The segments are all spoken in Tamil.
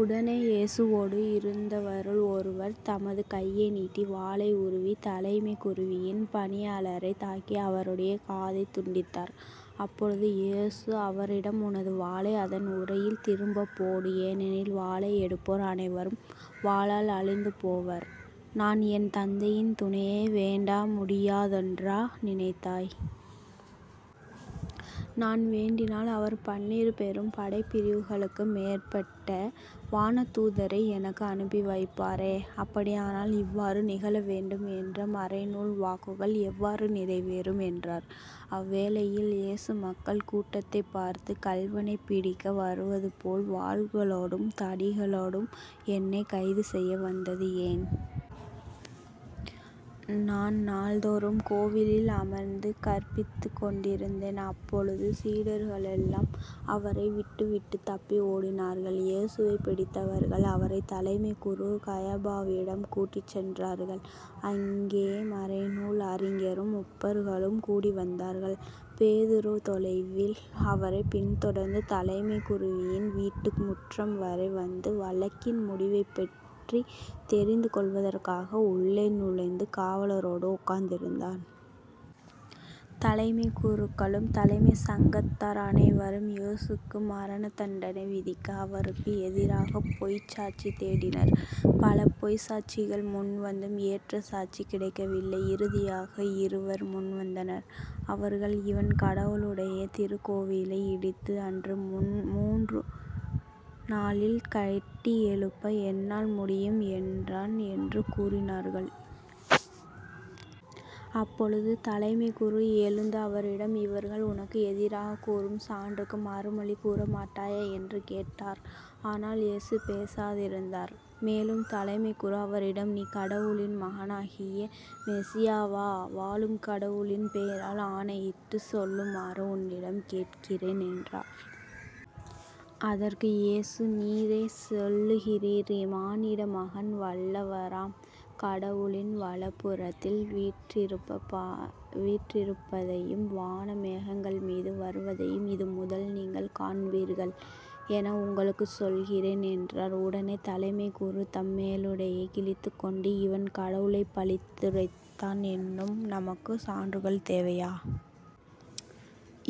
உடனே இயேசுவோடு இருந்தவருள் ஒருவர் தமது கையை நீட்டி வாளை உருவித் தலைமைக் குருவின் பணியாளரைத் தாக்கி அவருடைய காதைத் துண்டித்தார். அப்பொழுது இயேசு அவரிடம் உனது வாளை அதன் உறையில் திரும்பப் போடு. ஏனெனில் வாளை எடுப்போர் அனைவரும் வாளால் அழிந்து போவர். நான் என் தந்தையின் துணையை வேண்ட முடியாதென்றா நினைத்தாய்? நான் வேண்டினால் அவர் பன்னிரு பெரும் படைப்பிரிவுகளுக்கு மேற்பட்ட வானதூதரை எனக்கு அனுப்பி வைப்பாரே. அப்படியானால் இவ்வாறு நிகழவேண்டும் என்ற மறைநூல் வாக்குகள் எவ்வாறு நிறைவேறும்? என்றார். அவ்வேளையில் இயேசு மக்கள் கூட்டத்தைப் பார்த்து கள்வனைப் பிடிக்க வருவதுபோல் வாள்களோடும் தடிகளோடும் என்னைக் கைதுசெய்ய வந்தது ஏன்? நான் நாள்தோறும் கோவிலில் அமர்ந்து கற்பித்துக் கொண்டிருந்தேன். அப்பொழுது சீடர்களெல்லாரும் அவரை விட்டுவிட்டுத் தப்பி ஓடினார்கள். இயேசுவைப் பிடித்தவர்கள் அவரைத் தலைமைக் குரு கயபாவிடம் கூட்டிச்சென்றார்கள். அங்கே மறைநூல் அறிஞரும் முப்பர்களும் கூடி வந்தார்கள். பேதுரு தொலைவில் அவரைப் பின்தொடர்ந்து தலைமைக் குருவின் வீட்டு முற்றம்வரை வந்து வழக்கின் முடிவைப்பற்றித் தெரிந்து கொள்வதற்காக உள்ளே நுழைந்து காவலரோடு உட்கார்ந்திருந்தார். தலைமைக் குருக்களும் தலைமைச் சங்கத்தார் அனைவரும் இயேசுவுக்கு மரண தண்டனை விதிக்க அவருக்கு எதிராகப் பொய்ச் சாட்சி தேடினர். பல பொய்ச் சாட்சிகள் முன்வந்தும் ஏற்ற சாட்சி கிடைக்கவில்லை. இறுதியாக இருவர் முன்வந்தனர். அவர்கள் இவன் கடவுளுடைய திருக்கோவிலை இடித்து அதை முன்று நாளில் கட்டியெழுப்ப என்னால் முடியும் என்றான் என்று கூறினார்கள். அப்பொழுது தலைமைக் குரு எழுந்து அவரிடம் இவர்கள் உனக்கு எதிராகக் கூறும் சான்றுக்கு மறுமொழி கூறமாட்டாயா? என்று கேட்டார். ஆனால் இயேசு போசாதிருந்தார். மேலும் தலைமைக் குரு அவரிடம் நீ கடவுளின் மகனாகிய மெசியாவா? வாழும் கடவுளின் பெயரால் ஆணையிட்டுச் சொல்லுமாறு உன்னிடம் கேட்கிறேன் என்றார். அதற்கு இயேசு நீரே சொல்லுகிறீர் மானிட மகன் வல்லவராம் கடவுளின் வலப்புறத்தில் வீற்றிருப்பதையும் வான மேகங்கள்மீது வருவதையும் இதுமுதல் நீங்கள் காண்பீர்கள் என உங்களுக்குச் சொல்கிறேன் என்றார். உடனே தலைமைக் குரு தம் மேலுடையை கிழித்துக்கொண்டு இவன் கடவுளைப் பழித்துரைத்தான். இன்னும் நமக்குச் சான்றுகள் தேவையா?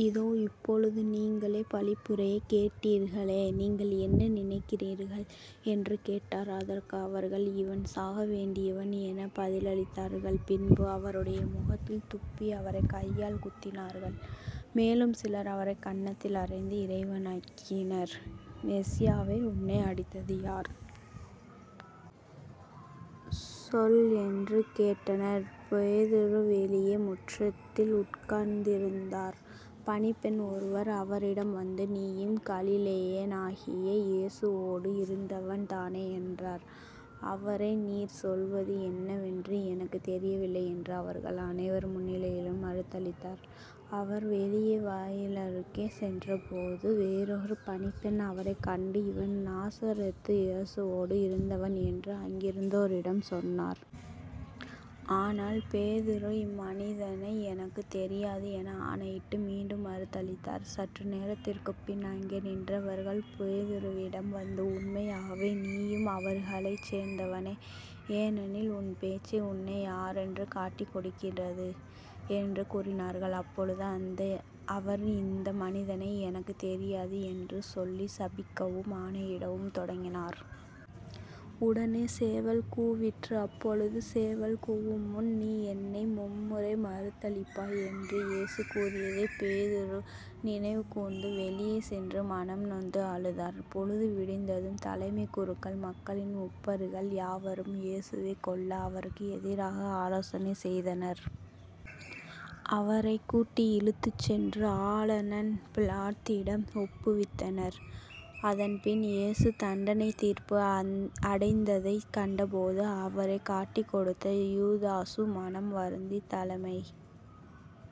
இதோ இப்பொழுது நீங்களே பழிப்புரையைக் கேட்டீர்களே. நீங்கள் என்ன நினைக்கிறீர்கள்? என்று கேட்டார். அதற்கு அவர்கள் இவன் சாக வேண்டியவன் எனப் பதிலளித்தார்கள். பின்பு அவருடைய முகத்தில் துப்பி அவரைக் கையால் குத்தினார்கள். மேலும் சிலர் அவரைக் கன்னத்தில் அறைந்து இறைவாக்கினர் மெசியாவே உன்னை அடித்தது யார்? சொல் என்று கேட்டனர். பேதுரு வெளியே முற்றத்தில் உட்கார்ந்திருந்தார். பணிப்பெண் ஒருவர் அவரிடம் வந்து நீயும் கலிலேயனாகிய இயேசுவோடு இருந்தவன் தானே என்றார். அவரோ நீர் சொல்வது என்னவென்று எனக்குத் தெரியவில்லை என்று அவர்கள் அனைவர் முன்னிலையிலும் மறுதலித்தார். அவர் வெளியே வாயிலருகே சென்றபோது வேறொரு பணிப்பெண் அவரைக் கண்டு இவன் நாசரேத்து இயேசுவோடு இருந்தவன் என்று அங்கிருந்தோரிடம் சொன்னார். ஆனால் பேதுரு இம்மனிதனை எனக்குத் தெரியாது என ஆணையிட்டு மீண்டும் மறுதலித்தார். சற்று நேரத்திற்குப்பின் அங்கே நின்றவர்கள் பேதுருவிடம் வந்து உண்மையாகவே நீயும் அவர்களைச் சேர்ந்தவனே ஏனெனில் உன் பேச்சே உன்னை யாரென்று காட்டிக்கொடுக்கிறது என்று கூறினார்கள். அப்பொழுது அவர் இந்த மனிதனை எனக்குத் தெரியாது என்று சொல்லிச் சபிக்கவும் ஆணையிடவும் தொடங்கினார். உடனே சேவல் கூவிற்று. அப்பொழுது சேவல் கூவுமுன் நீ என்னை மும்முறை மறுதலிப்பாய் என்று இயேசு கூறியதைப் பேதுரு நினைவுகூர்ந்து வெளியே சென்று மனம் நொந்து அழுதார். பொழுது விடிந்ததும் தலைமைக் குருக்கள் மக்களின் முப்பர்கள் யாவரும் இயேசுவைக் கொல்ல அவருக்கு எதிராக ஆலோசனை செய்தனர். அவரைக் கூட்டி இழுத்துச் சென்று ஆளநன் பிலாத்திடம் ஒப்புவித்தனர். அதன்பின் இயேசு தண்டனைத் தீர்ப்பு அடைந்ததைக் கண்டபோது அவரைக் காட்டிக்கொடுத்த யூதாசு மனம் வருந்தி தலைமைக்